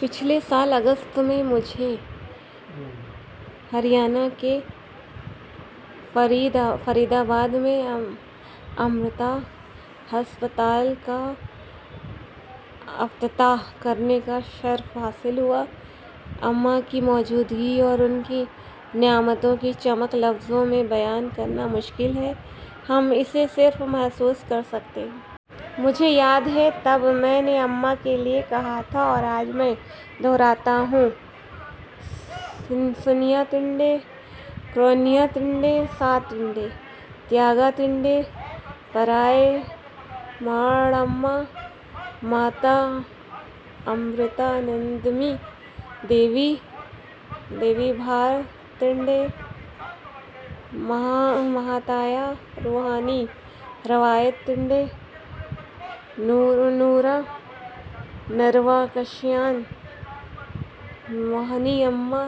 پچھلے سال اگست میں، مجھے ہریانہ کے فرید آباد، میں امرتا ہسپتال کا افتتاح کرنے کا شرف حاصل ہوا۔ امّاں کی موجودگی اور ان کی نعمتوں کی چمک لفظوں میں بیان کرنا مشکل ہے، ہم اسے صرف محسوس کر سکتے ہیں۔ مجھے یاد ہے تب میں نے امّاں کے لیے کہا تھا، اور آج میں دہراتا ہوں، سنیہ تِنڈے، کرونیاتِنڈے، سات تِنڈے، تیاگا تِنڈےپرایائے ماڑ اماں ، ماتا امرتانندمئی دیوی، بھار-تنڈے مہاتایا، روحانی روایت-تنڈے، نروا کاشیان، یعنی امّاں،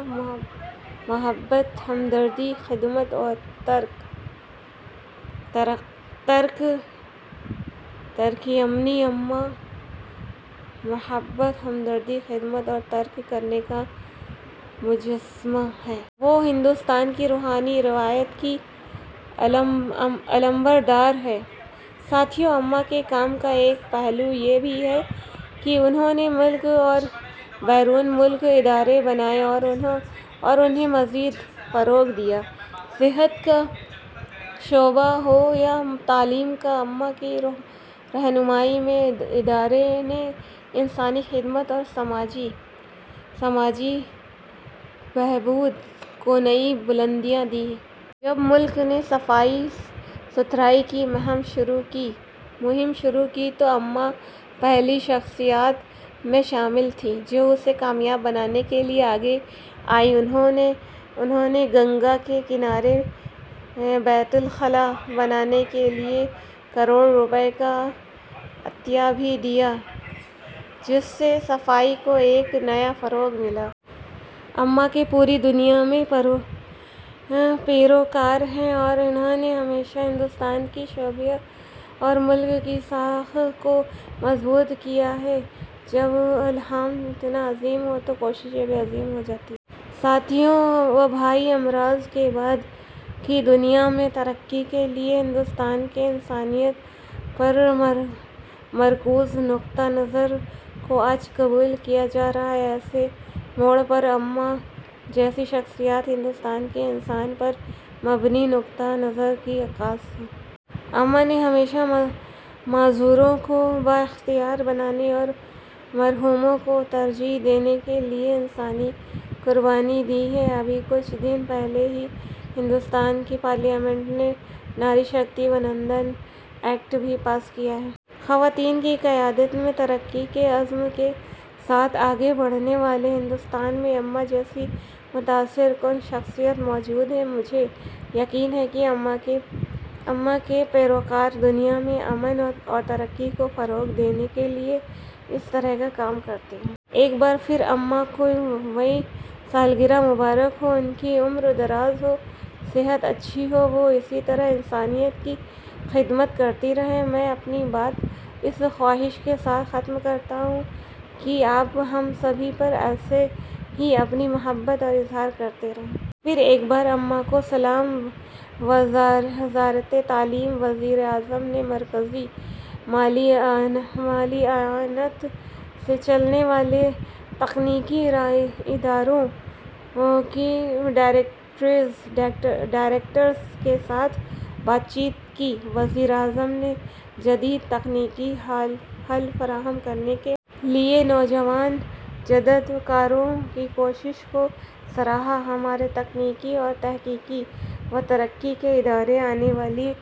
محبت، ہمدردی، خدمت اور ترک کرنے کا مجسمہ ہیں۔ وہ ہندوستان کی روحانی روایت کی علمبردار ہیں۔ ساتھیو، اماں کے کام کا ایک پہلو یہ بھی ہے کہ انہوں نے ملک اور بیرون ملک ادارے بنائے اور انہیں مزید فروغ دیا۔ صحت کا شعبہ ہو یا تعلیم کا، اماں کی رہنمائی میں ہر ادارے نے انسانی خدمت اور سماجی بہبود کو نئی بلندیاں دیں۔ جب ملک نے صفائی ستھرائی کی مہم شروع کی تو امّاں پہلی شخصیات میں شامل تھیں جو اسے کامیاب بنانے کے لیے آگے آئیں۔ انہوں نے گنگا کے کنارے بیت الخلا بنانے کے لیے کروڑ روپے کا عطیہ بھی دیا، جس سے صفائی کو ایک نیا فروغ ملا۔ اماں کے پوری دنیا میں پیروکار ہیں اور انہوں نے ہمیشہ ہندوستان کی شبیہ اور ملک کی ساکھ کو مضبوط کیا ہے۔ جب الہام اتنا عظیم ہو تو کوششیں بھی عظیم ہو جاتی ہیں۔ ساتھیو، وبائی امراض کے بعد کی دنیا میں، ترقی کے لیے ہندوستان کے انسانیت پر مرکوز نقطہ نظر کو آج قبول کیا جا رہا ہے۔ ایسے موڑ پر، امّاں جیسی شخصیات ہندوستان کے انسان پر مبنی نقطہ نظر کی عکاس ہیں۔ اماں نے ہمیشہ معذوروں کو بااختیار بنانے اور محروموں کو ترجیح دینے کے لیے انسانی قربانی دی ہے۔ ابھی کچھ دن پہلے ہی ہندوستان کی پارلیمنٹ نے ناری شکتی وندن ایکٹ بھی پاس کیا ہے۔ خواتین کی قیادت میں ترقی کے عزم کے ساتھ آگے بڑھنے والے ہندوستان میں اماں جیسی متاثر کن شخصیت موجود ہے۔ مجھے یقین ہے کہ اماں کے پیروکار دنیا میں امن اور ترقی کو فروغ دینے کے لیے اسی طرح کا کام کرتے رہیں گے۔ ایک بار پھر، امّاں کو ویں سالگرہ مبارک ہو۔ ان کی عمر دراز ہو، صحت اچھی ہو، وہ اسی طرح انسانیت کی خدمت کرتی رہیں۔ میں اپنی بات اس خواہش کے ساتھ ختم کرتا ہوں کہ آپ ہم سبھی پر ایسے ہی اپنی محبت کا اظہار کرتی رہیں۔ پھر ایک بار. اماں کو سلام. وزارتِ تعلیم وزیر اعظم نےمرکزی مالی اعانت سے چلنے والےتکنیکی اداروں کے ڈائریکٹرز کے ساتھ بات چیت کی وزیر اعظم نے جدید تکنیکی حل فراہم کرنے کے لئے نوجوان جدت کاروں کی کوششوں کو سراہا ہمارےتکنیکی اور تحقیق و ترقی کے ادارے آنے والی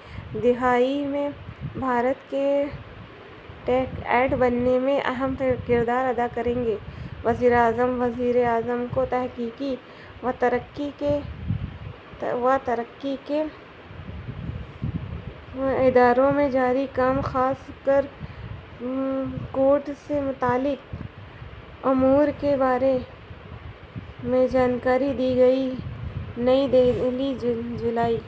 دہائی میں'بھارت کے ٹیک ایڈ' بننے میں اہم کردار ادا کریں گے: وزیر اعظم وزیر اعظم کوتحقیق و ترقی کے اداروں میں جاری کام ،خاص کر کووڈ سے متعلق امورکے بارے میںجانکاری دی گئی نئی دہلی: ؍ جولائی،۔